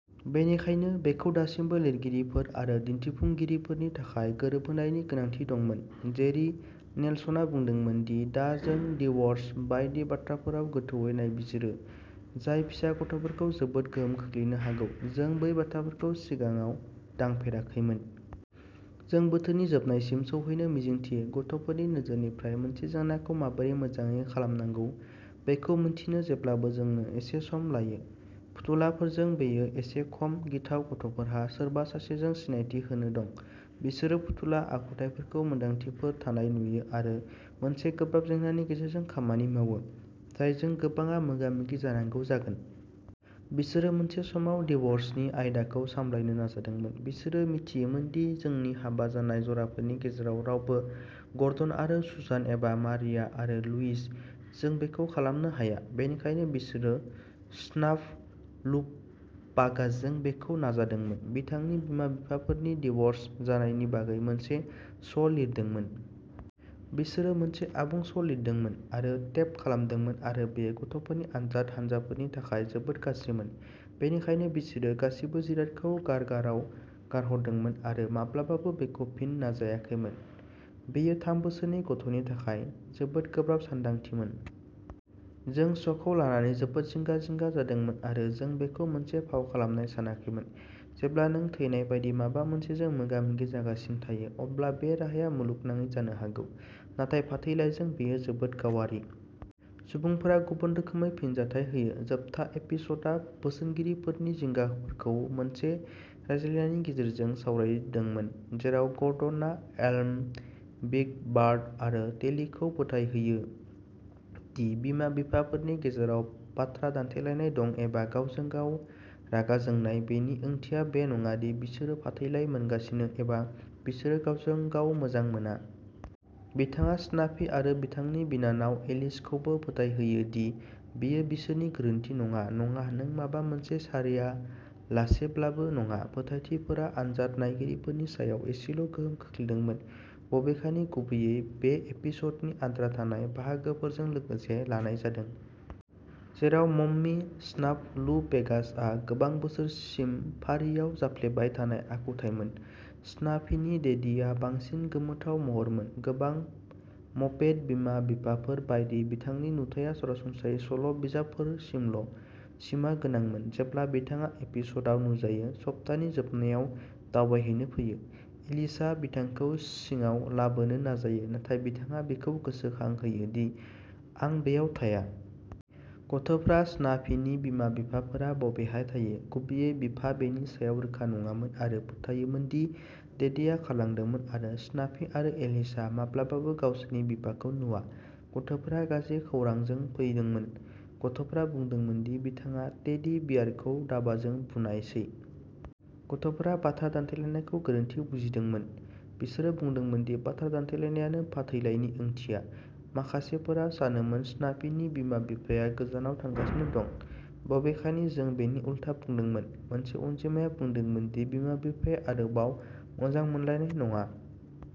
बेनिखायनो, बेखौ दासिमबो लिरगिरिफोर आरो दिन्थिफुंगिरिफोरनि थाखाय गोरोबहोनायनि गोनांथि दंमोन। जेरि नेल्सना बुंदोंमोन दि दा जों डिव'र्स बायदि बाथ्राफोराव गोथौवै नायबिजिरो, जाय फिसा गथ'फोरखौ जोबोद गोहोम खोख्लैनो हागौ। जों बै बाथ्राफोरखौ सिगाङाव दांफेराखैमोन। जों बोथोरनि जोबनायसिम सौहैनो मिजिंथियो। गथ'फोरनि नोजोरनिफ्राय मोनसे जेंनाखौ माबोरै मोजाङै खालामनांगौ बेखौ मिन्थिनो जेब्लाबो जोंनो एसे सम लायो फुथुलाफोरजों, बेयो एसे खम गिथाव गथ'फोरहा सोरबा सासेजों सिनायथि होनो दं। बिसोरो फुथुला आखुथाइफोरखौ मोन्दांथिफोर थानाय नुयो आरो मोनसे गोब्राब जेंनानि गेजेरजों खामानि मावो, जायजों गोबांआ मोगा-मोगि जानांगौ जागोन। बिसोरो मोनसे समाव डिव'र्सनि आयदाखौ सामलायनो नाजादोंमोन। बिसोरो मिथियोमोन दि जोंनि हाबा जानाय जराफोरनि गेजेराव रावबो गर्डन आरो सुसान एबा मारिया आरो लुइस जों बेखौ खालामनो हाया, बेनिखायनो बिसोरो स्नाफलुपागासजों बेखौ नाजादोंमोन, बिथांनि बिमा-बिफाफोरनि डिव'र्स जानायनि बागै मोनसे श'लिरदोंमोन। बिसोरो मोनसे आबुं श'लिरदोंमोन आरो टेप खालामदोंमोन आरो बेयो गथ'फोरनि आनजाद हानजाफोरनि थाखाय जोबोद गाज्रिमोन। बेनिखायनो बिसोरो गासिबो जिरादखौ गारगाराव गारहरदोंमोन आरो माब्लाबाबो बेखौ फिन नाजायाखैमोन। बेयो थाम बोसोरनि गथ'नि थाखाय जोबोद गोब्राब सानदांथिमोन। जों श'खौ लानानै जोबोद जिंगा-जिंगा जादोंमोन आरो जों बेखौ मोनसे फाव खालामनाय सानाखैमोन। जेब्ला नों थैनाय बायदि माबा मोनसेजों मोगा-मोगि जागासिनो थायो, अब्ला बे राहाया मुलुगनाङै जानो हागौ। नाथाय फाथैलाइजों, बेयो जोबोद गावारि। सुबुंफोरा गुबुन रोखोमै फिनजाथाय होयो। जोबथा एपिस'डआ बोसोनगिरिफोरनि जिंगाफोरखौ मोनसे रायज्लायनायनि गेजेरजों सावरायदोंमोन जेराव ग'र्डनआ एल्म', बिग बार्ड आरो टेलीखौ फोथायहोयो दि बिमा-बिफाफोरनि गेजेराव बाथ्रा दान्थेलायनाय दं, एबा गावजों-गाव रागा जोंनाय, बेनि ओंथिया बे नङा दि बिसोरो फाथैलाइ मोनगासिनो एबा बिसोरो गावजों-गाव मोजां मोना। बिथाङा स्नाफी आरो बिथांनि बिनानाव एलिसखौबो फोथायहोयो दि बेयो बिसोरनि गोरोन्थि नङा, नङा, नों माबा मोनसे सारियालासेब्लाबो नङा। फोथायथिफोरा आनजाद नायगिरिफोरनि सायाव एसेल' गोहोम खोख्लैदोंमोन, बबेखानि, गुबैयै। बे एपिस'डनि आद्रा थानाय बाहागोफोरजों लोगोसे लानाय जादों। जेराव मम्मी स्नाफलुपेगासआ गोबां बोसोरसिम फारिआव जाफ्लेबाय थानाय आखुथायमोन, स्नाफीनि डेडीआ बांसिन गोमोथाव महरमोन, गोबां मपेट बिमा-बिफाफोर बायदि, बिथांनि नुथाया सरासनस्रायै सल' बिजाबफोरसिमल' सिमा गोनांमोन। जेब्ला बिथाङा एपिस'डआव नुजायो, सप्तानि जोबनायाव दावबायहैनो फैयो, एलिसआ बिथांखौ सिङाव लाबोनो नाजायो, नाथाय बिथाङा बिखौ गोसोखांहोयो दि आं बेयाव थाया। गथ'फोरा स्नाफीनि बिमा-बिफाफोरा बबेहाय थायो, गुबैयै बिफा, बेनि सायाव रोखा नङामोन आरो फोथायोमोन दि डेडीआ खारलांदोंमोन आरो स्नाफी आरो एलिसआ माब्लाबाबो गावसोरनि बिफाखौ नुवा। गथ'फोरा गाज्रि खौरांजों फैदोंमोन गथ'फोरा बुंदोंमोन दि बिथाङा टेडी बियारखौ दाबाजों बुनायसै। गथ'फोरा बाथ्रा दान्थेलायनायखौ गोरोन्थि बुजिदोंमोन। बिसोरो बुंदोंमोन दि बाथ्रा दान्थेलायनायानो फाथैलाइनि ओंथिया। माखासेफोरा सानोमोन स्नाफीनि बिमा-बिफाया गोजानाव थांगासिनो दं, बबेखानि जों बेनि उल्था बुंदोंमोन। मोनसे अनजिमाया बुंदोंमोन दि बिमा-बिफाया आरोबाव मोजां मोनलायनाय नङा।